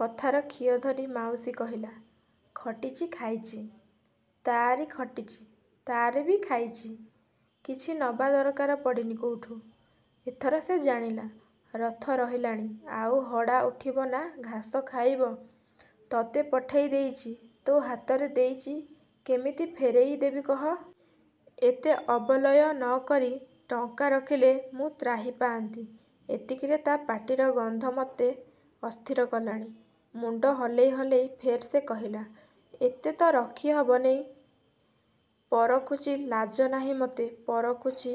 କଥାର ଖିଅ ଧରି ମାଉସୀ କହିଲା ଖଟିଚି ଖାଇଚି... ତାଆରି ଖଟିଚି ତାଆରି ବି ଖାଇଚି କିଛି ନବା ଦରକାର ପଡ଼ିନି, କୋଉଠୁ। ଏଥର ସେ ଜାଣିଲା, ରଥ ରହିଲାଣି ଆଉ ହଡ଼ା ଉଠିବ ନାଁ ଘାସ ଖାଇବ। ତତେ ପଠେଇ ଦେଇଚି ତୋ ହାତରେ ଦେଇଚି କେମିତି ଫେରେଇଁ ଦେବି କହ? ଏତେ ଅବଲୟ ନକରି ଟଙ୍କା ରଖିଲେ ମୁଁ ତ୍ରାହି ପାଆନ୍ତି ଏତିକିରେ ତା' ପାଟିର ଗନ୍ଧ ମତେ ଅସ୍ଥିର କଲାଣି। ମୁଣ୍ଡ ହଲେଇ ହଲେଇ ଫେର୍ ସେ କହିଲା ଏତେ ତ ରଖି ହବ ନେଇ। ପରଖୁଚି ଲାଜ ନାହିଁ ମତେ ପରଖୁଚି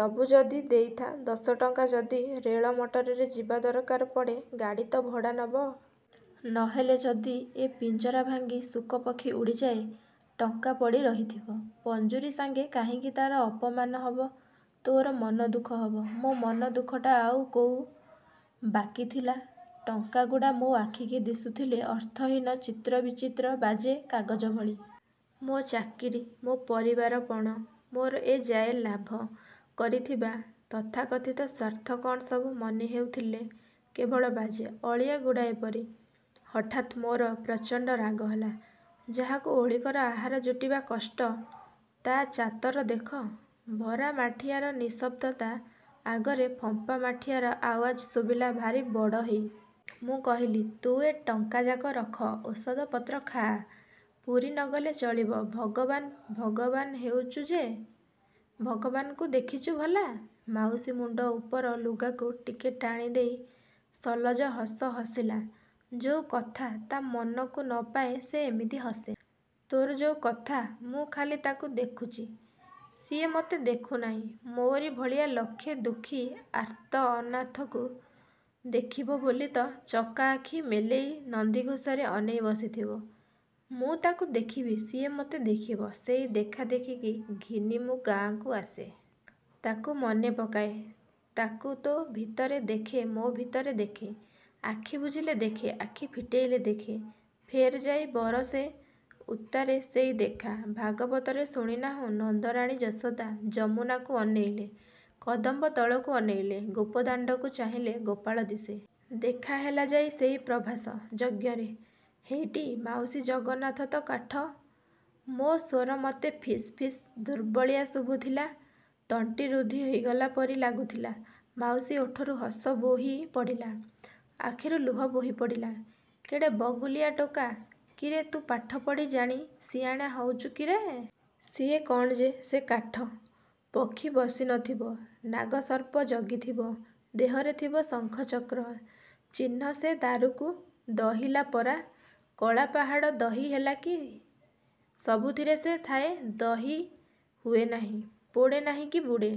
ଦବୁ ଯଦି ଦେଇଥା ଦଶଟା ଟଙ୍କା ଯଦି ରେଳ ମଟରରେ ଯିବା ଦରକାର ପଡ଼େ ଗାଡ଼ି ତ ଭଡ଼ାନବ। ନହେଲେ ଯଦି ଏ ପିଞ୍ଜରା ଭାଙ୍ଗି ଶୁକପକ୍ଷୀ ଉଡ଼ିଯାଏ ଟଙ୍କା ପଡ଼ି ରହିଥିବ, ପଞ୍ଜୁରୀ ସାଙ୍ଗେ କାହିଁକି ତା'ର ଅପମାନ ହବ ତୋର ମନ ଦୁଃଖ ହବ। ମୋ ମନ ଦୁଃଖଟା ଆଉ କୋଉ ବାକି ଥିଲା ଟଙ୍କା ଗୁଡ଼ା ମୋ ଆଖିକି ଦିଶୁଥିଲେ ଅର୍ଥହୀନ ଚିତ୍ର ବିଚିତ୍ର ବାଜେ କାଗଜ ଭଳି। ମୋ ଚାକିରି ମୋ ପାରିବାରପଣ ମୋର ଏ ଯାଏ ଲାଭ କରିଥିବା ତଥାକଥିତ ସ୍ୱାର୍ଥ କ'ଣ ସବୁ ମନେ ହେଉଥିଲେ କେବଳ ବାଜେ– ଅଳିଆ ଗୁଡ଼ାଏ ପରି। ହଠାତ ମୋର ପ୍ରଚଣ୍ଡ ରାଗ ହେଲା। ଯାହାକୁ ଓଳିକର ଆହାର ଯୁଟିବା କଷ୍ଟ ତା'ଚାତର ଦେଖ। ଭରା ମାଠିଆର ନିଃଶବ୍ଦତା ଆଗରେ ଫମ୍ପା ମାଠିଆର ଆଓ୍ୱାଜ୍ ଶୁଭିଲା ଭାରି ବଡ଼ ହେଇ। ମୁଁ କହିଲି ତୁ ଏ ଟଙ୍କା ଯାକ ରଖ ଓଷଧ ପତ୍ର ଖାଆ... ପୁରୀ ନଗଲେ ଚଳିବ ଭଗବାନ ଭଗବାନ, ହେଉଚୁ ଯେ ଭଗବାନଙ୍କୁ ଦେଖିଚୁ ଭଲା? ମାଉସୀ ମୁଣ୍ଡ ଉପର ଲୁଗାକୁ ଟିକେ ଟାଣି ଦେଇ ସଲ୍ଲଜ ହସ ହସିଲା ଯୋଉ କଥା ତା' ମନକୁ ନପାଏ ସେ ଏମିତି ହସେ। ତୋର ଯୋଉ କଥା ମୁଁ ଖାଲି ତାକୁ ଦେଖୁଚି ସିଏ ମତେ ଦେଖୁ ନାହିଁ? ମୋରି ଭଳିଆ ଲକ୍ଷେ ଦୁଃଖୀ ଆର୍ତ୍ତ ଅନାଥଙ୍କୁ ଦେଖିବ ବୋଲିତ ଚକା ଆଖି ମେଲେଇ ନନ୍ଦୀଘୋଷରେ ଅନେଇ ବସିଥିବ। ମୁଁ ତାକୁ ଦେଖିବି ସିଏ ମତେ ଦେଖିବ। ସେଇ ଦେଖା ଦେଖିକି ଘିନି ମୁଁ ଗାଆଁକୁ ଆସେ। ତାକୁ ମନେ ପକାଏ, ତାକୁ ତୋ ଭିତରେ ଦେଖେ ମୋ ଭିତରେ ଦେଖେ। ଆଖି ବୁଜିଲେ ଦେଖେ ଆଖି ଫିଟେଇଲେ ଦେଖେ। ଫେର ଯାଇ ବରଷେ ଉତ୍ତାରେ ସେଇ ଦେଖା। ଭାଗବତରେ ଶୁଣିନାହୁଁ ନନ୍ଦରାଣୀ ଯଶୋଦା, ଯମୁନାକୁ ଅନେଇଲେ, କଦମ୍ବ ତଳକୁ ଅନେଇଲେ, ଗୋପଦାଣ୍ଡକୁ ଚାହିଁଲେ ଗୋପାଳ ଦିଶେ। ଦେଖା ହେଲା ଯାଇ ସେଇ ପ୍ରଭାସ– ଯଜ୍ଞରେ। ହେଇଟି ମାଉସୀ ଜଗନ୍ନାଥ ତ କାଠ... ମୋ ସ୍ୱର ମତେ ଫିସ୍ ଫିସ୍ ଦୁର୍ବଳିୟା ଶୁଭୁଥିଲା। ତଣ୍ଟି ରୁନ୍ଧି ହେଇଗଲା ପରି ଲାଗୁଥିଲା। ମାଉସୀ ଓଠରୁ ହସ ବୋହି ପଡ଼ିଲା, ଆଖିରୁ ଲୁହ ବୋହି ପଡ଼ିଲା କେଡ଼େ ବଗୁଲିଆ ଟୋକା କିରେ ତୁ ପାଠପଢ଼ି ଜାଣି ଶିଆଣା ହଉଚୁ କିରେ? ସିଏ କ'ଣ ଯେ ସେ କାଠ? ପକ୍ଷୀ ବସି ନଥିବ, ନାଗସର୍ପ ଜଗି ଥିବ, ଦେହରେ ଥିବ ଶଂଖ ଚକ୍ର ଚିହ୍ନ ସେ ଦାରୁକୁ ଦହୀଲା ପରା କଳାପାହାଡ଼ ଦହୀ ହେଲା କି? ସବୁଥିରେ ସେ ଥାଏ ଦହୀ ହୁଏ ନାହିଁ। ପୋଡ଼େ ନାହିଁକି ବୁଡ଼େ